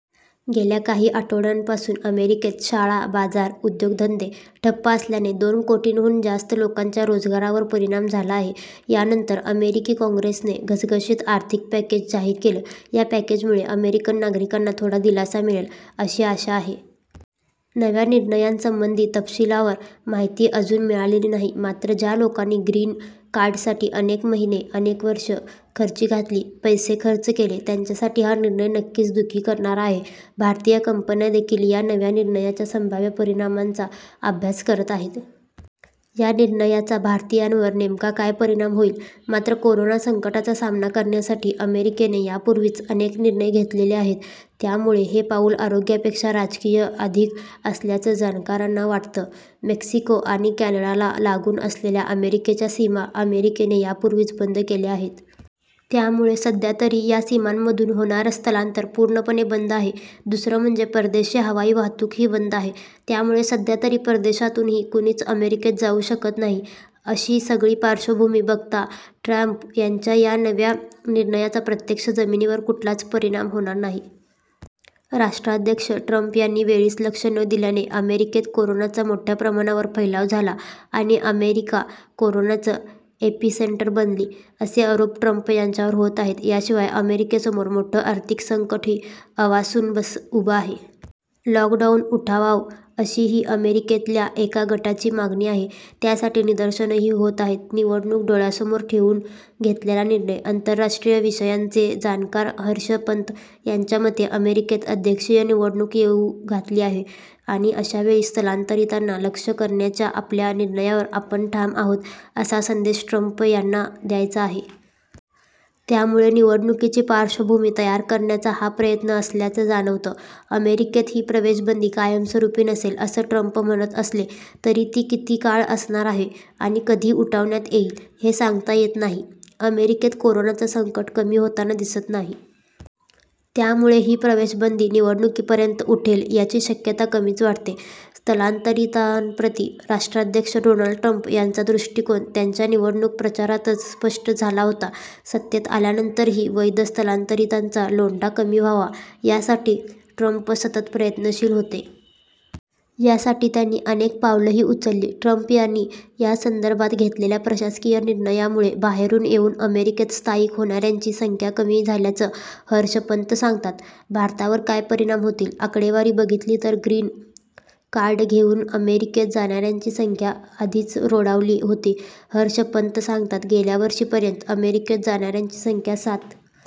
गेल्या काही आठवड्यांपासून अमेरिकेत शाळा, बाजार, उद्योग-धंदे ठप्प असल्याने दोन कोटींहून जास्त लोकांच्या रोजगारावर परिणाम झाला आहे. यानंतर अमेरिकी काँग्रेसने घसघशीत आर्थिक पॅकेज जाहीर केलं. या पॅकेजमुळे अमेरिकन नागरिकांना थोडा दिलासा मिळेल, अशी आशा आहे. नव्या निर्णयासंबंधी तपशीलवार माहिती अजून मिळालेली नाही. मात्र, ज्या लोकांनी ग्रीन कार्डसाठी अनेक महिने, अनेक वर्ष खर्ची घातली, पैसे खर्च केले त्यांच्यासाठी हा निर्णय नक्कीच दुःखी करणारा आहे. भारतीय कंपन्यांदेखील या नव्या निर्णयाच्या संभाव्य परिणामांचा अभ्यास करत आहेत. या निर्णयाचा भारतीयांवर नेमका काय परिणाम होईल. मात्र कोरोना संकटाचा सामना करण्यासाठी अमेरिकेने यापूर्वीच अनेक निर्णय घेतलेले आहेत. त्यामुळे हे पाऊल आरोग्यापेक्षा राजकीय अधिक असल्याचं जाणकारांना वाटतं. मॅक्सिको आणि कॅनाडाला लागून असलेल्या अमेरिकेच्या सीमा अमेरिकेने यापूर्वीच बंद केल्या आहेत. त्यामुळे सध्यातरी या सीमांमधून होणारं स्थलांतर पूर्णपणे बंद आहे. दुसरं म्हणजे परदेशी हवाई वाहतूकही बंद आहे. त्यामुळे सध्यातरी परदेशातूनही कुणीच अमेरिकेत जाऊ शकत नाही. अशी सगळी पार्श्वभूमी बघता ट्रंप यांच्या या नव्या निर्णयाचा प्रत्यक्ष जमिनीवर कुठलाच परिणाम होणार नाही. राष्ट्राध्यक्ष ट्रंप यांनी वेळीच लक्ष न दिल्याने अमेरिकेत कोरोनाचा मोठ्या प्रमाणावर फैलाव झाला आणि अमेरिका कोरोनाचं एपिसेंटर बनली, असे आरोप ट्रंप यांच्यावर होत आहेत. याशिवाय अमेरिकेसमोर मोठं आर्थिक संकटही आ वासून उभं आहे. लॉकडाऊन उठवावं, अशीही अमेरिकेतल्या एका गटाची मागणी आहे. त्यासाठी निदर्शनंही होत आहेत. निवडणूक डोळ्यासमोर ठेवून घेतलेला निर्णय? आंतरराष्ट्रीय विषयांचे जाणकार हर्ष पंत यांच्या मते अमेरिकेत अध्यक्षीय निवडणूक येऊ घातली आहे आणि अशावेळी स्थलांतरितांना लक्ष्य करण्याच्या आपल्या निर्णयावर आपण ठाम आहोत, असा संदेश ट्रंप यांना द्यायचा आहे. त्यामुळे निवडणुकीची पार्श्वभूमी तयार करण्याचा हा प्रयत्न असल्याचं जाणवतं. अमेरिकेत ही प्रवेशबंदी कायमस्वरुपी नसेल, असं ट्रंप म्हणत असले तरी ती किती काळ असणार आहे आणि कधी उठवण्यात येईल, हे सांगता येत नाही. अमेरिकेत कोरोनाचं संकट कमी होताना दिसत नाहीय. त्यामुळे ही प्रवेशबंदी निवडणुकीपर्यंत उठेल, याची शक्यता कमीच वाटते. स्थलांतरितांप्रती राष्ट्राध्यक्ष डोनाल्ड ट्रंप यांचा दृष्टीकोन त्यांच्या निवडणूक प्रचारातच स्पष्ट झाला होता. सत्तेत आल्यानंतरही वैध स्थलांतरितांचा लोंढा कमी व्हावा, यासाठी ट्रंप सतत प्रयत्नशील होते. यासाठी त्यांनी अनेक पावलंही उचलली. ट्रंप यांनी यासंदर्भात घेतलेल्या प्रशासकीय निर्णयांमुळे बाहेरून येऊन अमेरिकेत स्थायिक होणाऱ्यांची संख्या कमी झाल्याचं हर्ष पंत सांगतात. भारतावर काय परिणाम होतील? आकडेवारी बघितली तर ग्रीन कार्ड घेऊन अमेरिकेत जाणाऱ्यांची संख्या आधीच रोडावली होती. हर्ष पंत सांगतात गेल्यावर्षीपर्यंत अमेरिकेत जाणाऱ्यांची संख्या सात